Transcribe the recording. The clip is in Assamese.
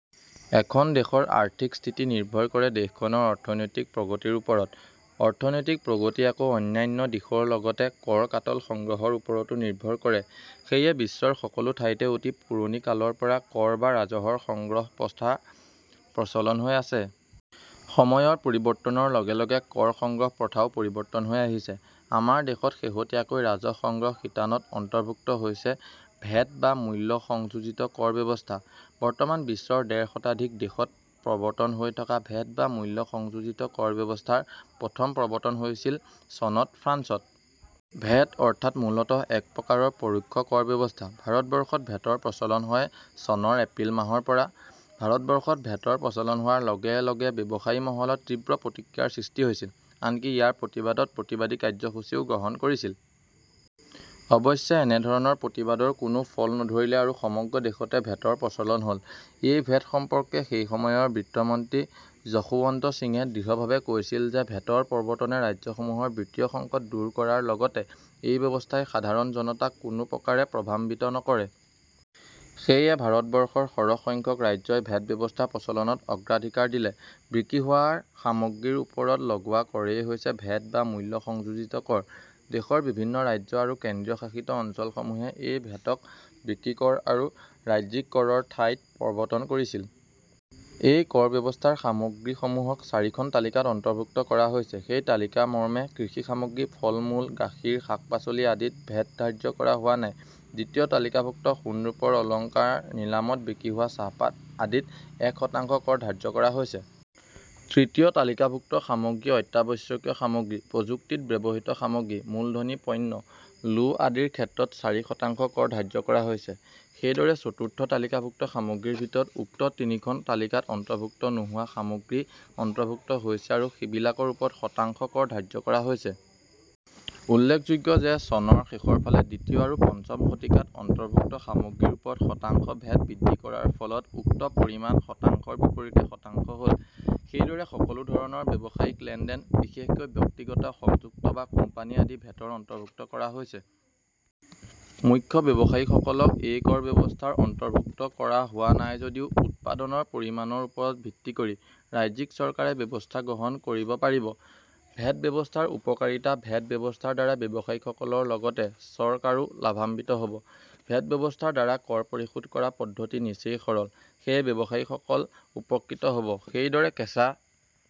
এখন দেশৰ আৰ্থিক স্থিতি নিৰ্ভৰ কৰে দেশখনৰ অৰ্থনৈতিক প্ৰগতিৰ ওপৰত। অৰ্থনৈতিক প্ৰগতি আকৌ অন্যান্য দিশৰ লগতে কৰ-কাটল সগ্ৰহৰ ওপৰতো নিৰ্ভৰ কৰে। সেয়ে বিশ্বৰ সকলো ঠাইতে অতি পুৰণি কালৰ পৰা কৰ বা ৰাজহৰ সংগ্ৰহ প্ৰথা প্ৰচলন হৈ আহিছে। সময়ৰ পৰিৱৰ্তনৰ লগে লগে কৰ সংগ্ৰহ প্ৰথাও পৰিৱৰ্তন হৈ আহিছে। আমাৰ দেশত শেহতীয়াকৈ ৰাজহ সংগ্ৰহ শিতানত অন্তৰ্ভুক্ত হৈছে ভেট বা মূল্য সংযোজিত কৰ ব্যৱস্থা। বৰ্তমান বিশ্বৰ ডেৰ শতাধিক দেশত প্ৰৱৰ্তন হৈ থকা ভেট বা মূল্য সংযোজিত কৰ ব্যৱস্থাৰ প্ৰথম প্ৰৱৰ্তন হৈছিল চনত ফ্ৰান্সত। ভেট অৰ্থাৎ মূলতঃ একপ্ৰকাৰৰ পৰোক্ষ কৰ ব্যৱস্থা। ভাৰতবৰ্ষত ভেটৰ প্ৰচলন হয় চনৰ এপ্ৰিল মাহৰ পৰা। ভাৰতবৰ্ষত ভেটৰ প্ৰচলন হোৱাৰ লগে লগে ব্যৱসায়ী মহলত তীব্ৰ প্ৰতিক্ৰিয়াৰ সৃষ্টি হৈছিল৷ আনকি ইয়াৰ প্ৰতিবাদত প্ৰতিবাদী কাৰ্যসূচীও গ্ৰহণ কৰিছিল। অৱশ্যে এনেধৰণৰ প্ৰতিবাদৰ কোনো ফল নধৰিলে আৰু সমগ্ৰ দেশতে ভেটৰ প্ৰচলন হ'ল। এই ভেট সম্পৰ্কে সেই সময়ৰ বিত্তমন্ত্ৰী যশোৱন্ত সিঙে দৃঢ়ভাৱে কৈছিল যে ভেটৰ প্ৰৱৰ্তনে ৰাজ্যসমূহৰ বিত্তীয় সংকট দূৰ কৰাৰ লগতে এই ব্যৱস্থাই সাধাৰণ জনতাক কোনোপ্ৰকাৰে প্ৰভাৱান্বিত নকৰে। সেয়ে ভাৰতবৰ্ষৰ সৰহসংখ্যক ৰাজ্যই ভেট ব্যৱস্থা প্ৰচলনত অগ্ৰাধিকাৰ দিলে। বিক্ৰী হোৱা সামগ্ৰীৰ ওপৰত লগোৱা কৰেই হৈছে ভেট বা মূল্য সংযোজিত কৰ। দেশৰ বিভিন্ন ৰাজ্য আৰু কেন্দ্ৰীয়শাসিত অঞ্চলসমূহে এই ভেটক বিক্ৰী কৰ আৰু ৰাজ্যিক কৰৰ ঠাইত প্ৰৱৰ্তন কৰিছিল। এই কৰ ব্যৱস্থাৰ সামগ্ৰীসমূহক চাৰিখন তালিকাত অন্তৰ্ভূক্ত কৰা হৈছে। সেই তালিকামৰ্মে কৃষি সামগ্ৰী, ফলমূল, গাখীৰ, শাক-পাচলি আদিত ভেট ধাৰ্য কৰা হোৱা নাই। দ্বিতীয় তালিকাভুক্ত সোণ-ৰূপৰ অলংকাৰ, নিলামত বিক্ৰী হোৱা চাহপাত আদিত এক শতাংশ কৰ ধাৰ্য কৰা হৈছে। তৃতীয় তালিকাভুক্ত সামগ্ৰী- অত্যাৱশ্যকীয় সামগ্ৰী, প্ৰযুক্তিত ব্যৱহৃত সামগ্ৰী, মূলধনী পণ্য, লো আদিৰ ক্ষেত্ৰত চাৰি শতাংশ কৰ ধাৰ্য কৰা হৈছে। সেইদৰে চতুৰ্থ তালিকাভুক্ত সামগ্ৰীৰ ভিতৰত উক্ত তিনিখন তালিকাত অন্তৰ্ভুক্ত নোহোৱা সামগ্ৰী অন্তৰ্ভুক্ত হৈছে আৰু সিবিলাকৰ ওপৰত শতাংশ কৰ ধাৰ্য কৰা হৈছে। উল্লেখযোগ্য যে চনৰ শেষৰফালে দ্বিতীয় আৰু পঞ্চম তালিকাত অন্তৰ্ভুক্ত সামগ্ৰীৰ ওপৰত শতাংশ ভেট বৃদ্ধি কৰাৰ ফলত উক্ত পৰিমাণ শতাংশৰ বিপৰীতে শতাংশ হ'ল। সেইদৰে সকলো ধৰণৰ ব্যৱসায়িক লেনদেন, বিশেষকৈ ব্যক্তিগত, সংযুক্ত বা কোম্পানী আদি ভেটৰ অন্তৰ্ভুক্ত কৰা হৈছে। মুখ্য বাৱসায়ীসকলক এই কৰ ব্যৱস্থাৰ অন্তৰ্ভুক্ত কৰা হোৱা নাই যদিও উৎপাদনৰ পৰিমাণৰ ওপৰত ভিত্তি কৰি ৰাজ্যিক চৰকাৰে ব্যৱস্থা গ্ৰহণ কৰিব পাৰিব। ভেট ব্যৱস্থাৰ উপকাৰিতা ভেট ব্যৱস্থাৰ দ্বাৰা ব্যৱসায়ীসকলৰ লগতে চৰকাৰো লাভাৱান্বিত হ'ব। ভেট ব্যৱস্থাৰ দ্বাৰা কৰ পৰিশোধ কৰা পদ্ধতি নিচেই সৰল, সেয়ে ব্যৱসায়ীসকল উপকৃত হ'ব। সেইদৰে কেঁচা